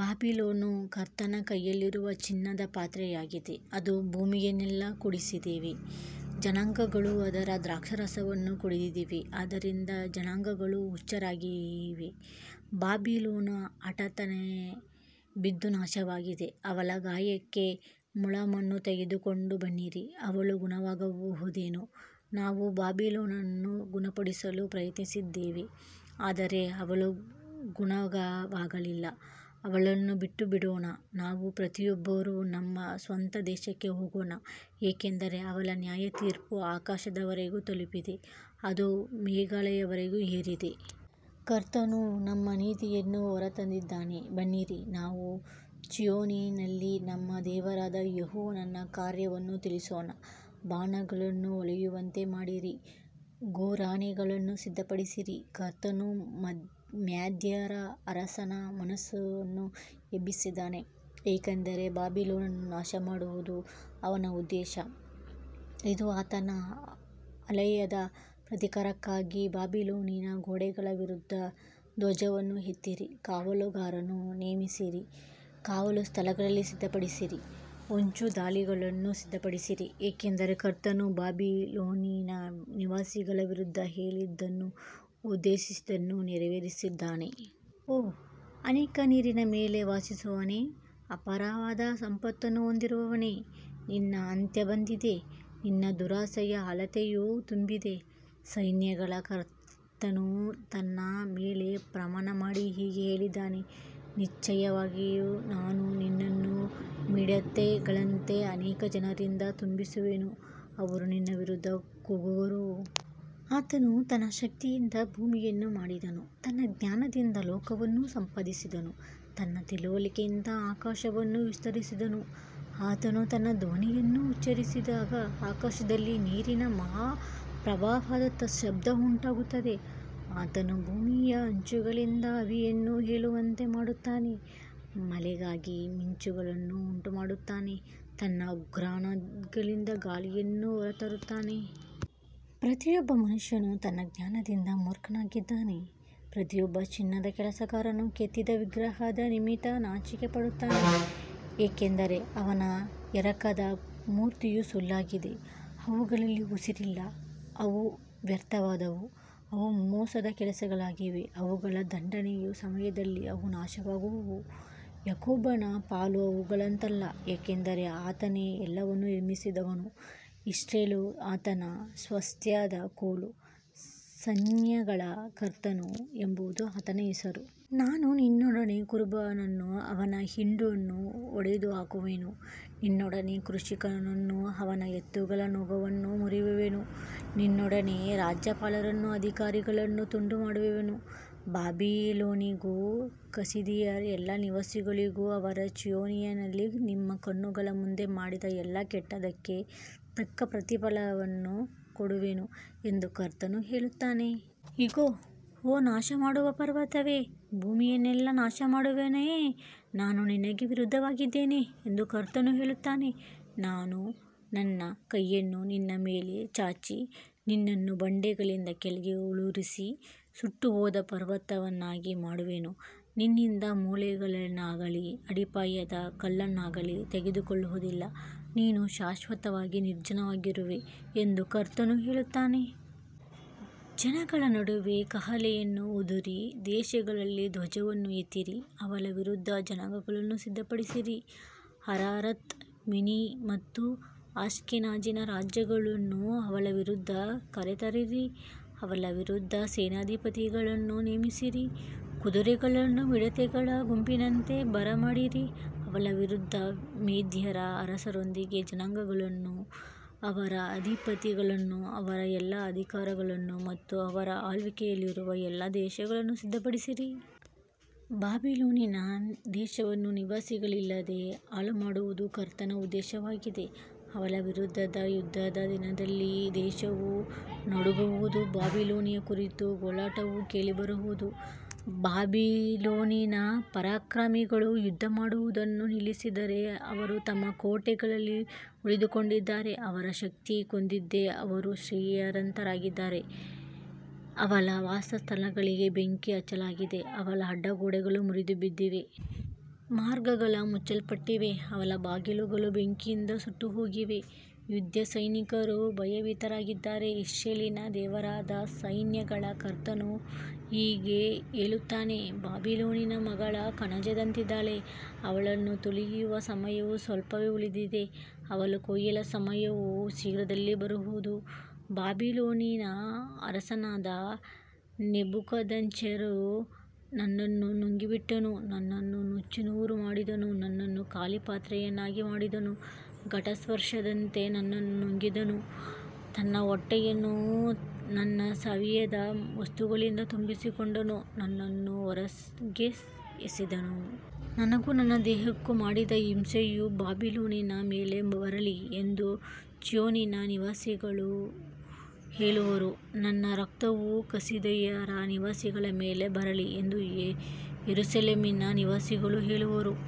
ಬಾಬಿಲೋನು ಕರ್ತನ ಕೈಯಲ್ಲಿರುವ ಚಿನ್ನದ ಪಾತ್ರೆಯಾಗಿದೆ, ಅದು ಭೂಮಿಯನ್ನೆಲ್ಲ ಕುಡಿಸಿದೆ, ಜನಾಂಗಗಳು ಅದರ ದ್ರಾಕ್ಷಾರಸವನ್ನು ಕುಡಿದಿವೆ, ಆದ್ದರಿಂದ ಜನಾಂಗಗಳು ಹುಚ್ಚರಾಗಿವೆ. ಬಾಬಿಲೋನು ಹಠಾತ್ತನೆ ಬಿದ್ದು ನಾಶವಾಗಿದೆ, ಅವಳ ಗಾಯಕ್ಕೆ ಮುಲಾಮನ್ನು ತೆಗೆದುಕೊಂಡು ಬನ್ನಿರಿ, ಅವಳು ಗುಣವಾಗಬಹುದೇನೋ. ನಾವು ಬಾಬಿಲೋನನ್ನು ಗುಣಪಡಿಸಲು ಪ್ರಯತ್ನಿಸಿದ್ದೇವೆ, ಆದರೆ ಅವಳು ಗುಣವಾಗಲಿಲ್ಲ, ಅವಳನ್ನು ಬಿಟ್ಟುಬಿಡೋಣ, ನಾವು ಪ್ರತಿಯೊಬ್ಬರೂ ನಮ್ಮ ಸ್ವಂತ ದೇಶಕ್ಕೆ ಹೋಗೋಣ, ಏಕೆಂದರೆ ಅವಳ ನ್ಯಾಯತೀರ್ಪು ಆಕಾಶದವರೆಗೆ ತಲುಪಿದೆ, ಅದು ಮೇಘಗಳವರೆಗೆ ಏರಿದೆ. ಕರ್ತನು ನಮ್ಮ ನೀತಿಯನ್ನು ಹೊರತಂದಿದ್ದಾನೆ, ಬನ್ನಿರಿ, ನಾವು ಚೀಯೋನಿನಲ್ಲಿ ನಮ್ಮ ದೇವರಾದ ಯೆಹೋವನ ಕಾರ್ಯವನ್ನು ತಿಳಿಸೋಣ. ಬಾಣಗಳನ್ನು ಹೊಳೆಯುವಂತೆ ಮಾಡಿರಿ, ಗುರಾಣಿಗಳನ್ನು ಸಿದ್ಧಪಡಿಸಿರಿ, ಕರ್ತನು ಮೇದ್ಯರ ಅರಸರ ಮನಸ್ಸನ್ನು ಎಬ್ಬಿಸಿದ್ದಾನೆ, ಏಕೆಂದರೆ ಬಾಬಿಲೋನನ್ನು ನಾಶಮಾಡುವುದು ಅವನ ಉದ್ದೇಶ, ಇದು ಆತನ ಆಲಯದ ಪ್ರತೀಕಾರಕ್ಕಾಗಿ. ಬಾಬಿಲೋನಿನ ಗೋಡೆಗಳ ವಿರುದ್ಧ ಧ್ವಜವನ್ನು ಎತ್ತಿರಿ, ಕಾವಲುಗಾರರನ್ನು ನೇಮಿಸಿರಿ, ಕಾವಲು ಸ್ಥಳಗಳನ್ನು ಸಿದ್ಧಪಡಿಸಿರಿ, ಹೊಂಚುದಾಳಿಗಳನ್ನು ಸಿದ್ಧಪಡಿಸಿರಿ, ಏಕೆಂದರೆ ಕರ್ತನು ಬಾಬಿಲೋನಿನ ನಿವಾಸಿಗಳ ವಿರುದ್ಧ ಹೇಳಿದ್ದನ್ನೂ ಉದ್ದೇಶಿಸಿದ್ದನ್ನೂ ನೆರವೇರಿಸಿದ್ದಾನೆ. ಓ ಅನೇಕ ನೀರಿನ ಮೇಲೆ ವಾಸಿಸುವವನೇ, ಅಪಾರವಾದ ಸಂಪತ್ತನ್ನು ಹೊಂದಿರುವವನೇ, ನಿನ್ನ ಅಂತ್ಯ ಬಂದಿದೆ, ನಿನ್ನ ದುರಾಶೆಯ ಅಳತೆಯೂ ತುಂಬಿದೆ. ಸೈನ್ಯಗಳ ಕರ್ತನು ತನ್ನ ಮೇಲೆ ಪ್ರಮಾಣಮಾಡಿ ಹೀಗೆ ಹೇಳಿದ್ದಾನೆ, ನಿಶ್ಚಯವಾಗಿ ನಾನು ನಿನ್ನನ್ನು ಮಿಡತೆಗಳಂತೆ ಅನೇಕ ಜನರಿಂದ ತುಂಬಿಸುವೆನು, ಅವರು ನಿನ್ನ ವಿರುದ್ಧ ಕೂಗುವರು. ಆತನು ತನ್ನ ಶಕ್ತಿಯಿಂದ ಭೂಮಿಯನ್ನು ಮಾಡಿದನು, ತನ್ನ ಜ್ಞಾನದಿಂದ ಲೋಕವನ್ನು ಸ್ಥಾಪಿಸಿದನು, ತನ್ನ ತಿಳುವಳಿಕೆಯಿಂದ ಆಕಾಶವನ್ನು ವಿಸ್ತರಿಸಿದನು. ಆತನು ತನ್ನ ಧ್ವನಿಯನ್ನು ಉಚ್ಚರಿಸಿದಾಗ ಆಕಾಶದಲ್ಲಿ ನೀರಿನ ಮಹಾಪ್ರವಾಹದ ಶಬ್ದ ಉಂಟಾಗುತ್ತದೆ, ಆತನು ಭೂಮಿಯ ಅಂಚುಗಳಿಂದ ಆವಿಯನ್ನು ಏಳುವಂತೆ ಮಾಡುತ್ತಾನೆ, ಮಳೆಯಿಗಾಗಿ ಮಿಂಚುಗಳನ್ನು ಉಂಟುಮಾಡುತ್ತಾನೆ, ತನ್ನ ಉಗ್ರಾಣಗಳಿಂದ ಗಾಳಿಯನ್ನು ಹೊರತರುತ್ತಾನೆ. ಪ್ರತಿಯೊಬ್ಬ ಮನುಷ್ಯನು ತನ್ನ ಜ್ಞಾನದಿಂದ ಮೂರ್ಖನಾಗಿದ್ದಾನೆ, ಪ್ರತಿಯೊಬ್ಬ ಚಿನ್ನದ ಕೆಲಸಗಾರನು ಕೆತ್ತಿದ ವಿಗ್ರಹದ ನಿಮಿತ್ತ ನಾಚಿಕೆಪಡುತ್ತಾನೆ, ಏಕೆಂದರೆ ಅವನ ಎರಕದ ಮೂರ್ತಿಯು ಸುಳ್ಳಾಗಿದೆ, ಅವುಗಳಲ್ಲಿ ಉಸಿರಿಲ್ಲ. ಅವು ವ್ಯರ್ಥವಾದವು, ಅವು ಮೋಸದ ಕೆಲಸಗಳಾಗಿವೆ, ಅವುಗಳ ದಂಡನೆಯ ಸಮಯದಲ್ಲಿ ಅವು ನಾಶವಾಗುವವು. ಯಾಕೋಬನ ಪಾಲು ಅವುಗಳಂತಲ್ಲ, ಏಕೆಂದರೆ ಆತನೇ ಎಲ್ಲವನ್ನೂ ನಿರ್ಮಿಸಿದವನು, ಇಸ್ರಾಯೇಲು ಆತನ ಸ್ವಾಸ್ತ್ಯದ ಕೋಲು, ಸೈನ್ಯಗಳ ಕರ್ತನು ಎಂಬುದು ಆತನ ಹೆಸರು. ನಾನು ನಿನ್ನೊಡನೆ ಕುರುಬನನ್ನೂ ಅವನ ಹಿಂಡನ್ನೂ ಒಡೆದುಹಾಕುವೆನು, ನಿನ್ನೊಡನೆ ಕೃಷಿಕನನ್ನೂ ಅವನ ಎತ್ತುಗಳ ನೊಗವನ್ನೂ ಮುರಿಯುವೆನು, ನಿನ್ನೊಡನೆ ರಾಜ್ಯಪಾಲರನ್ನೂ ಅಧಿಕಾರಿಗಳನ್ನೂ ತುಂಡುಮಾಡುವೆನು. ಬಾಬಿಲೋನಿಗೂ ಕಸ್ದೀಯರ ಎಲ್ಲಾ ನಿವಾಸಿಗಳಿಗೂ ಅವರು ಚೀಯೋನಿನಲ್ಲಿ ನಿಮ್ಮ ಕಣ್ಣುಗಳ ಮುಂದೆ ಮಾಡಿದ ಎಲ್ಲಾ ಕೆಟ್ಟದ್ದಕ್ಕೆ ತಕ್ಕ ಪ್ರತಿಫಲವನ್ನು ಕೊಡುವೆನು ಎಂದು ಕರ್ತನು ಹೇಳುತ್ತಾನೆ. ಇಗೋ, ಓ ನಾಶಮಾಡುವ ಪರ್ವತವೇ, ಭೂಮಿಯನ್ನೆಲ್ಲ ನಾಶಮಾಡುವವನೇ, ನಾನು ನಿನಗೆ ವಿರುದ್ಧವಾಗಿದ್ದೇನೆ ಎಂದು ಕರ್ತನು ಹೇಳುತ್ತಾನೆ, ನಾನು ನನ್ನ ಕೈಯನ್ನು ನಿನ್ನ ಮೇಲೆ ಚಾಚಿ, ನಿನ್ನನ್ನು ಬಂಡೆಗಳಿಂದ ಕೆಳಗೆ ಉರುಳಿಸಿ, ಸುಟ್ಟುಹೋದ ಪರ್ವತವನ್ನಾಗಿ ಮಾಡುವೆನು. ನಿನ್ನಿಂದ ಮೂಲೆಗಲ್ಲನ್ನಾಗಲಿ ಅಡಿಪಾಯದ ಕಲ್ಲನ್ನಾಗಲಿ ತೆಗೆದುಕೊಳ್ಳುವುದಿಲ್ಲ, ನೀನು ಶಾಶ್ವತವಾಗಿ ನಿರ್ಜನವಾಗಿರುವೆ ಎಂದು ಕರ್ತನು ಹೇಳುತ್ತಾನೆ. ಜನಾಂಗಗಳ ನಡುವೆ ಕಹಳೆಯನ್ನು ಊದಿರಿ, ದೇಶಗಳಲ್ಲಿ ಧ್ವಜವನ್ನು ಎತ್ತಿರಿ, ಅವಳ ವಿರುದ್ಧ ಜನಾಂಗಗಳನ್ನು ಸಿದ್ಧಪಡಿಸಿರಿ, ಅರಾರತ್, ಮಿನ್ನಿ ಮತ್ತು ಅಶ್ಕೆನಾಜಿನ ರಾಜ್ಯಗಳನ್ನು ಅವಳ ವಿರುದ್ಧ ಕರೆತರಿರಿ, ಅವಳ ವಿರುದ್ಧ ಸೇನಾಧಿಪತಿಯನ್ನು ನೇಮಿಸಿರಿ, ಕುದುರೆಗಳನ್ನು ಮಿಡತೆಗಳ ಗುಂಪಿನಂತೆ ಬರಮಾಡಿರಿ. ಅವಳ ವಿರುದ್ಧ ಮೇದ್ಯರ ಅರಸರೊಂದಿಗೆ ಜನಾಂಗಗಳನ್ನು, ಅವರ ಅಧಿಪತಿಗಳನ್ನು, ಅವರ ಎಲ್ಲಾ ಅಧಿಕಾರಿಗಳನ್ನು ಮತ್ತು ಅವರ ಆಳ್ವಿಕೆಯಲ್ಲಿರುವ ಎಲ್ಲಾ ದೇಶಗಳನ್ನು ಸಿದ್ಧಪಡಿಸಿರಿ. ಬಾಬಿಲೋನಿನ ದೇಶವನ್ನು ನಿವಾಸಿಗಳಿಲ್ಲದೆ ಹಾಳುಮಾಡುವುದು ಕರ್ತನ ಉದ್ದೇಶವಾಗಿದೆ, ಅವಳ ವಿರುದ್ಧದ ಯುದ್ಧದ ದಿನದಲ್ಲಿ ದೇಶವು ನಡುಗುವುದು, ಬಾಬಿಲೋನಿನ ಕುರಿತು ಗೋಳಾಟವು ಕೇಳಿಬರುವುದು. ಬಾಬಿಲೋನಿನ ಪರಾಕ್ರಮಿಗಳು ಯುದ್ಧಮಾಡುವುದನ್ನು ನಿಲ್ಲಿಸಿದ್ದಾರೆ, ಅವರು ತಮ್ಮ ಕೋಟೆಗಳಲ್ಲಿ ಉಳಿದುಕೊಂಡಿದ್ದಾರೆ, ಅವರ ಶಕ್ತಿ ಕುಂದಿದೆ, ಅವರು ಸ್ತ್ರೀಯರಂತಾಗಿದ್ದಾರೆ, ಅವಳ ವಾಸಸ್ಥಾನಗಳಿಗೆ ಬೆಂಕಿ ಹಚ್ಚಲಾಗಿದೆ, ಅವಳ ಅಡ್ಡಗೋಡೆಗಳು ಮುರಿದುಬಿದ್ದಿವೆ. ಮಾರ್ಗಗಳು ಮುಚ್ಚಲ್ಪಟ್ಟಿವೆ, ಅವಳ ಬಾಗಿಲುಗಳು ಬೆಂಕಿಯಿಂದ ಸುಟ್ಟುಹೋಗಿವೆ, ಯುದ್ಧಸೈನಿಕರು ಭಯಭೀತರಾಗಿದ್ದಾರೆ. ಇಸ್ರಾಯೇಲಿನ ದೇವರಾದ ಸೈನ್ಯಗಳ ಕರ್ತನು ಹೀಗೆ ಹೇಳುತ್ತಾನೆ, ಬಾಬಿಲೋನಿನ ಮಗಳು ಕಣಜದಂತಿದ್ದಾಳೆ, ಅವಳನ್ನು ತುಳಿಯುವ ಸಮಯವು ಸ್ವಲ್ಪವೇ ಉಳಿದಿದೆ, ಅವಳ ಕೊಯ್ಲಿನ ಸಮಯವು ಶೀಘ್ರದಲ್ಲೇ ಬರುವುದು. ಬಾಬಿಲೋನಿನ ಅರಸನಾದ ನೆಬೂಕದ್ನೆಚ್ಚರನು ನನ್ನನ್ನು ನುಂಗಿಬಿಟ್ಟನು, ನನ್ನನ್ನು ನುಚ್ಚುನೂರು ಮಾಡಿದನು, ನನ್ನನ್ನು ಖಾಲಿ ಪಾತ್ರೆಯನ್ನಾಗಿ ಮಾಡಿದನು, ಘಟಸರ್ಪದಂತೆ ನನ್ನನ್ನು ನುಂಗಿದನು, ತನ್ನ ಹೊಟ್ಟೆಯನ್ನು ನನ್ನ ಸವಿಯಾದ ವಸ್ತುಗಳಿಂದ ತುಂಬಿಸಿಕೊಂಡನು, ನನ್ನನ್ನು ಹೊರಗೆಸೆದನು. ನನಗೂ ನನ್ನ ದೇಹಕ್ಕೂ ಮಾಡಿದ ಹಿಂಸೆಯು ಬಾಬಿಲೋನಿನ ಮೇಲೆ ಬರಲಿ ಎಂದು ಚೀಯೋನಿನ ನಿವಾಸಿಗಳು ಹೇಳುವರು, ನನ್ನ ರಕ್ತವು ಕಸ್ದೀಯರ ನಿವಾಸಿಗಳ ಮೇಲೆ ಬರಲಿ ಎಂದು ಯೆರೂಸಲೇಮಿನ ನಿವಾಸಿಗಳು ಹೇಳುವರು.